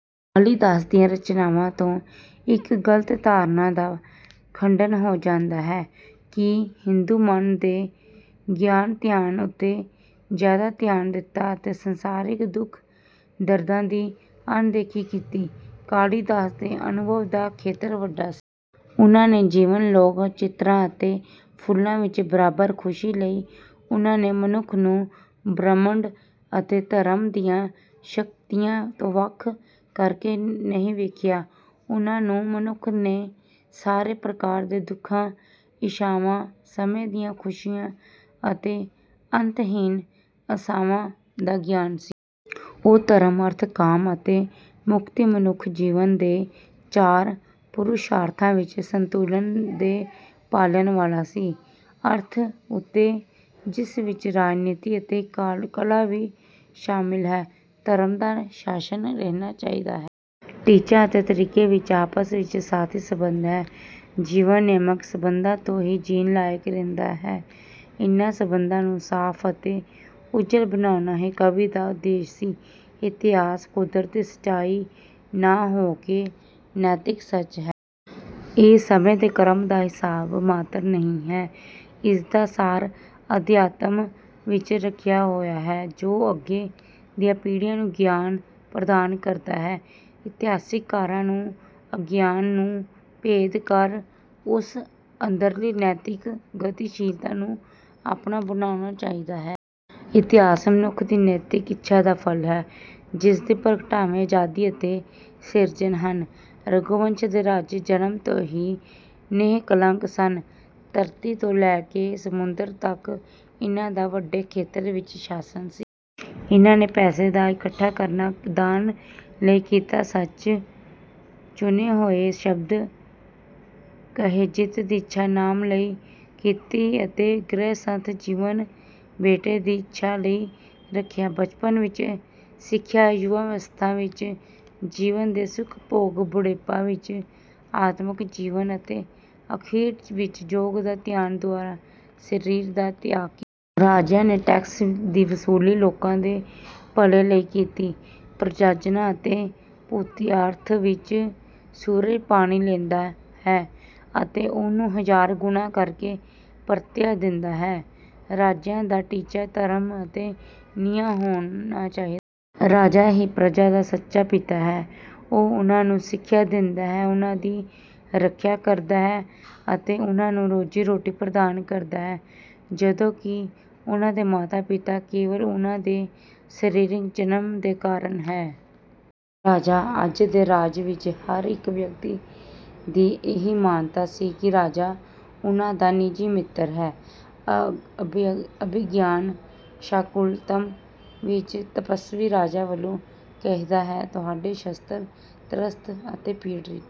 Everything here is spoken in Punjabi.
ਕਾਲੀਦਾਸ ਦੀਆਂ ਰਚਨਾਵਾਂ ਤੋਂ ਇਸ ਗਲਤ ਧਾਰਨਾ ਦਾ ਖੰਡਨ ਹੋ ਜਾਂਦਾ ਹੈ ਕਿ ਹਿੰਦੂ ਮਨ ਨੇ ਗਿਆਨ ਧਿਆਨ ਉੱਤੇ ਜਿਆਦਾ ਧਿਆਨ ਦਿੱਤਾ ਅਤੇ ਸੰਸਾਰਿਕ ਦੁੱਖ ਦਰਦਾਂ ਦੀ ਅਣਦੇਖੀ ਕੀਤੀ। ਕਾਲੀਦਾਸ ਦੇ ਅਨੁਭਵ ਦਾ ਖੇਤਰ ਵੱਡਾ ਸੀ। ਉਨ੍ਹਾਂ ਨੇ ਜੀਵਨ ਲੋਕ ਚਿਤਰਾਂ ਅਤੇ ਫੁੱਲਾਂ ਵਿੱਚ ਬਰਾਬਰ ਖੁਸ਼ੀ ਲਈ। ਉਨ੍ਹਾਂ ਨੇ ਮਨੁੱਖ ਨੂੰ ਬ੍ਰਹਿਮੰਡ ਅਤੇ ਧਰਮ ਦੀਆਂ ਸ਼ਕਤੀਆਂ ਤੋਂ ਵੱਖ ਕਰਕੇ ਨਹੀਂ ਵੇਖਿਆ। ਉਨ੍ਹਾਂ ਨੂੰ ਮਨੁੱਖ ਦੇ ਸਾਰੇ ਪ੍ਰਕਾਰ ਦੇ ਦੁਖਾਂ ਇੱਛਾਵਾਂ ਸਮੇਂ ਦੀਆਂ ਖੁਸ਼ੀਆਂ ਅਤੇ ਅੰਤਹੀਨ ਆਸਾਵਾਂ ਦਾ ਗਿਆਨ ਸੀ। ਉਹ ਧਰਮ ਅਰਥ ਕਾਮ ਅਤੇ ਮੁਕਤੀ ਮਨੁੱਖ ਜੀਵਨ ਦੇ ਚਾਰ ਪੁਰੁਸ਼ਾਰਥਾਂ ਵਿੱਚ ਸੰਤੁਲਨ ਦੇ ਪਾਲਣ ਵਾਲਾ ਸੀ। ਅਰਥ ਉੱਤੇ ਜਿਸ ਵਿੱਚ ਰਾਜਨੀਤੀ ਅਤੇ ਕਲਾ ਵੀ ਸ਼ਾਮਿਲ ਹੈ ਧਰਮ ਦਾ ਸ਼ਾਸਨ ਰਹਿਣਾ ਚਾਹੀਦਾ ਹੈ। ਟੀਚਾ ਅਤੇ ਤਰੀਕੇ ਵਿੱਚ ਆਪਸ ਵਿੱਚ ਸਾਥੀ ਸੰਬੰਧ ਹੈ। ਜੀਵਨ ਨਿਯਮਕ ਸਬੰਧਾਂ ਤੋਂ ਹੀ ਜੀਣ ਲਾਇਕ ਰਹਿੰਦਾ ਹੈ। ਇਨ੍ਹਾਂ ਸਬੰਧਾਂ ਨੂੰ ਸਾਫ ਅਤੇ ਉੱਜਲ ਬਣਾਉਣਾ ਹੀ ਕਵੀ ਦਾ ਉਦੇਸ਼ ਸੀ। ਇਤਹਾਸ ਕੁਦਰਤੀ ਸਚਾਈ ਨਾ ਹੋਕੇ ਨੈਤਿਕ ਸੱਚ ਹੈ। ਇਹ ਸਮੇਂ ਦੇ ਕ੍ਰਮ ਦਾ ਹਿਸਾਬ ਮਾਤਰ ਨਹੀਂ ਹੈ। ਇਸਦਾ ਸਾਰ ਅਧਿਆਤਮ ਵਿੱਚ ਰਖਿਆ ਹੋਇਆ ਹੈ ਜੋ ਅੱਗੇ ਦੀਆਂ ਪੀੜੀਆਂ ਨੂੰ ਗਿਆਨ ਪ੍ਰਦਾਨ ਕਰਦਾ ਹੈ। ਇਤਿਹਾਸਕਾਰਾਂ ਨੂੰ ਅਗਿਆਨ ਨੂੰ ਭੇਦ ਕਰ ਉਸ ਅੰਦਰਲੀ ਨੈਤਿਕ ਗਤੀਸ਼ੀਲਤਾ ਨੂੰ ਆਪਣਾ ਬਣਾਉਣਾ ਚਾਹੀਦਾ ਹੈ। ਇਤਹਾਸ ਮਨੁੱਖ ਦੀ ਨੈਤਿਕ ਇੱਛਾ ਦਾ ਫਲ ਹੈ ਜਿਸਦੀ ਪ੍ਰਗਟਾਵੇ ਆਜ਼ਾਦੀ ਅਤੇ ਸਿਰਜਣ ਹਨ। ਰਘੂਵੰਸ਼ ਦੇ ਰਾਜੇ ਜਨਮ ਤੋਂ ਹੀ ਨਿਹਕਲੰਕ ਸਨ। ਧਰਤੀ ਤੋਂ ਲੈ ਕੇ ਸਮੁੰਦਰ ਤੱਕ ਇਨ੍ਹਾਂ ਦਾ ਵੱਡੇ ਖੇਤਰ ਵਿੱਚ ਸ਼ਾਸਨ ਸੀ। ਇਨ੍ਹਾਂ ਨੇ ਪੈਸੇ ਦਾ ਇਕੱਠਾ ਕਰਨਾ ਦਾਨ ਲਈ ਕੀਤਾ ਸੱਚ ਲਈ ਚੁਣੇ ਹੋਏ ਸ਼ਬਦ ਕਹੇ ਜਿੱਤ ਦੀ ਇੱਛਾ ਨਾਮ ਲਈ ਕੀਤੀ ਅਤੇ ਗ੍ਰਹਸਥ ਜੀਵਨ ਬੇਟੇ ਦੀ ਇੱਛਾ ਲਈ ਰੱਖਿਆ। ਬਚਪਨ ਵਿੱਚ ਸਿੱਖਿਆ ਯੁਵਾਵਸਥਾ ਵਿੱਚ ਜੀਵਨ ਦੇ ਸੁਖ ਭੋਗ ਬੁਢੇਪਾ ਵਿੱਚ ਆਤਮਕ ਜੀਵਨ ਅਤੇ ਅਖੀਰ ਵਿੱਚ ਯੋਗ ਜਾਂ ਧਿਆਨ ਦੁਆਰਾ ਸਰੀਰ ਦਾ ਤਿਆਗ ਕੀਤਾ। ਰਾਜਿਆਂ ਨੇ ਟੈਕਸ ਦੀ ਵਸੂਲੀ ਲੋਕਾਂ ਦੇ ਭਲੇ ਲਈ ਕੀਤੀ ਪ੍ਰਜਾਨਾੰ ਅਤੇ ਭੂਤਿਆਰਥੰ ਜਿਵੇਂ ਸੂਰਜ ਪਾਣੀ ਲੈਂਦਾ ਹੈ ਅਤੇ ਉਸਨੂੰ ਹਜ਼ਾਰ ਗੁਣਾ ਕਰਕੇ ਪਰਤਿਆ ਦਿੰਦਾ ਹੈ। ਰਾਜਿਆਂ ਦਾ ਟੀਚਾ ਧਰਮ ਅਤੇ ਨਿਆਂ ਹੋਣਾ ਚਾਹੀਦਾ ਹੈ। ਰਾਜਾ ਹੀ ਪ੍ਰਜਾ ਦਾ ਸੱਚਾ ਪਿਤਾ ਹੈ ਉਹ ਉਨ੍ਹਾਂਨੂੰ ਸਿੱਖਿਆ ਦਿੰਦਾ ਹੈ ਉਨ੍ਹਾਂ ਦੀ ਰੱਖਿਆ ਕਰਦਾ ਹੈ ਅਤੇ ਉਨ੍ਹਾਂਨੂੰ ਰੋਜ਼ੀ ਰੋਟੀ ਪ੍ਰਦਾਨ ਕਰਦਾ ਹੈ ਜਦੋਂ ਕਿ ਉਨ੍ਹਾਂ ਦੇ ਮਾਤਾ ਪਿਤਾ ਕੇਵਲ ਉਨ੍ਹਾਂ ਦੇ ਸਰੀਰਕ ਜਨਮ ਦੇ ਕਾਰਨ ਹੈ। ਰਾਜਾ ਅਜ ਦੇ ਰਾਜ ਵਿੱਚ ਹਰ ਇੱਕ ਵਿਅਕਤੀ ਦੀ ਇਹੀ ਮਾਨਤਾ ਸੀ ਕਿ ਰਾਜਾ ਉਨ੍ਹਾਂ ਦਾ ਨਿੱਜੀ ਮਿੱਤਰ ਹੈ। ਅਭਿਗਿਆਨ ਸ਼ਾਕੁੰਤਲਮ ਵਿੱਚ ਤਪੱਸਵੀ ਰਾਜਾ ਵਲੋਂ ਕਹਿੰਦਾ ਹੈ ਤੁਹਾਡੇ ਸ਼ਸਤਰ ਤਰਸਤ ਅਤੇ ਪੀੜੀਤਾਂ